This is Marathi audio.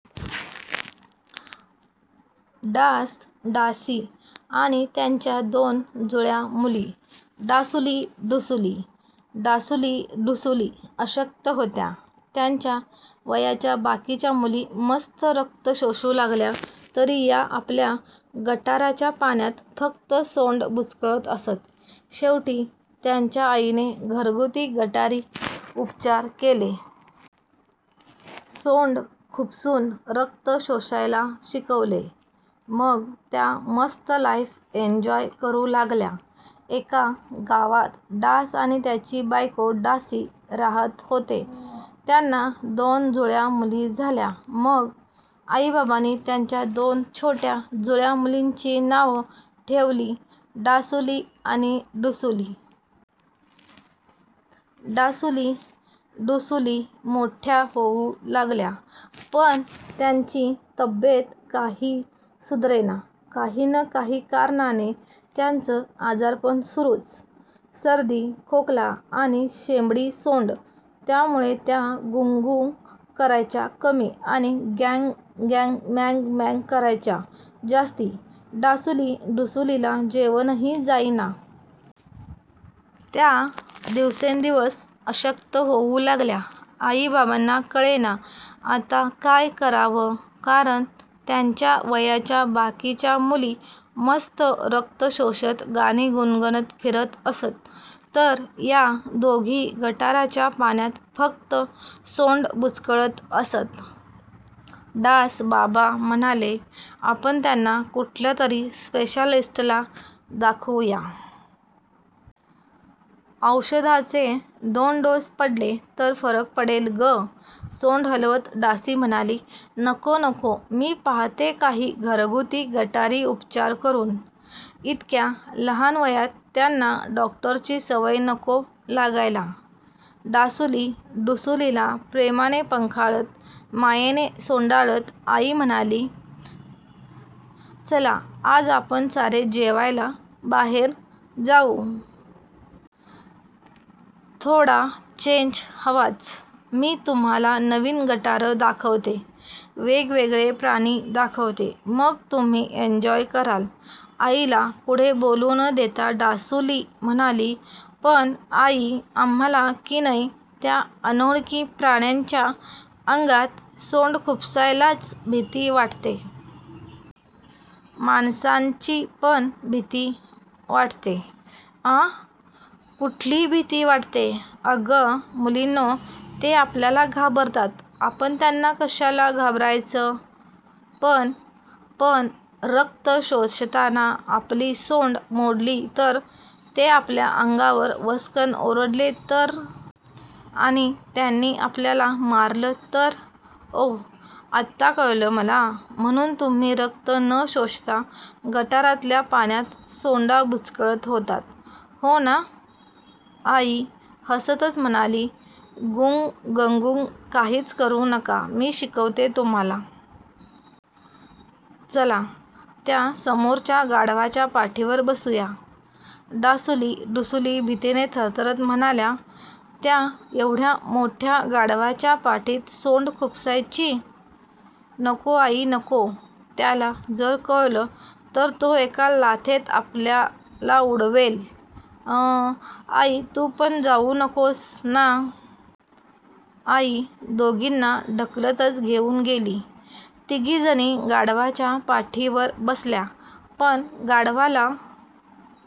डास-डासी आणि त्यांच्या दोन जुळ्या मुली डासुली, डुसुली. डासुली, डुसुली अशक्त होत्या. त्यांच्या वयाच्या बाकीच्या मुली मस्त रक्त शोषू लागल्या तरी या आपल्या गटाराच्या पाण्यात फक्त सोंड बुचकळत असत. शेवटी त्यांच्या आईने 'घरगुती गटारी' उपचार केले. सोंड खुपसून रक्त शोषायला शिकवले... मग त्या मस्त लाईफ एन्जॉय करू लागल्या! एका गावात डास आणि त्याची बायको डासी राहात होते. त्यांना दोन जुळ्या मुली झाल्या. मग आई-बाबांनी त्यांच्या दोन छोट्या जुळ्या मुलींची नावं ठेवली डासुली आणि डुसुली. डासुली, डुसुली मोठ्या होऊ लागल्या, पण त्यांची तब्येत काही सुधरेना. काही न काही कारणाने त्यांचं आजारपण सुरूच. सर्दी, खोकला आणि शेंबडी सोंड. त्यामुळे त्या गूंगूं करायच्या कमी आणि गॅंगॅं मॅंगॅं शिंकायच्या जास्ती. डासुली, डुसुलीला जेवणही जाईना. त्या दिवसेंदिवस अशक्त होऊ लागल्या. आई बाबांना कळेना आता काय करावं. कारण त्यांच्या वयाच्या बाकीच्या मुली मस्त रक्त शोषत, गाणी गुणगुणत फिरत असत. तर या दोघी गटाराच्या पाण्यात फक्त सोंड बुचकळत असत. डास बाबा म्हणाले, "आपण यांना कुठल्यातरी स्पेशालिस्टला दाखवूया. औषधाचे दोन डोस पडले तर फरक पडेल गं... " सोंड हलवत डासी म्हणाली, "नको. नको. मी पाहते काही 'घरगुती गटारी' उपचार करून. इतक्या लहान वयात त्यांना डॉक्टरची सवय नको लागायला. " डासुली, डुसूलीला प्रेमाने पंखाळत, मायेने सोंडाळत आई म्हणाली, "चला आज आपण सारे जेवायला बाहेर जाऊ. थोडा चेंज हवाच. मी तुम्हांला नवीन गटारं दाखवते. वेगवेगळे प्राणी दाखवते. मग तुम्ही एन्जॉय कराल.. " आईला पुढे बोलू न देता डासुली म्हणाली, "पण आई, आम्हांला किनई त्या अनोळखी प्राण्यांच्या अंगात सोंड खुपसायलाच भीती वाटते. माणसांचीपण भीती वाटते.. " "आँ..? कुठली भीती वाटते? "अगं मुलींनो.. ते आपल्याला घाबरतात! आपण त्यांना कशाला घाबरायचं..? " "प.. ण प.. ण रक्त शोषताना आपली सोंड मोडली तर? ते आपल्या अंगावर वसकन ओरडले तर? आणि त्यांनी आपल्याला मारलं तर?.. " "ओऽऽऽह! आता कळलं मला. म्हणून तुम्ही रक्त न शोषता गटारातल्या पाण्यात सोंडा बुचकळत होतात. हो ना? " आई हसतच म्हणाली, "गूंग गगॅंगूं. काहीच काळजी करू नका. मी शिकवते तुम्हांला. चला त्या समोरच्या गाढवाच्या पाठीवर बसूया.. " डासुली, डुसुली भीतीने थरथरत म्हणाल्या, "त्या एव्हढ्या मोठ्या गाढवाच्या पाठीत सोंड खुपसायची? नको आई नको. त्याला जर कळलं तर तो एका लाथेत आपल्या उडवेल. अंऽऽ आई तू पण जाऊ नकोस ना.. " आई दोघींना ढकलतच घेऊन गेली. तिघीजणी गाढवाच्या पाठीवर बसल्या, पण गाढवाला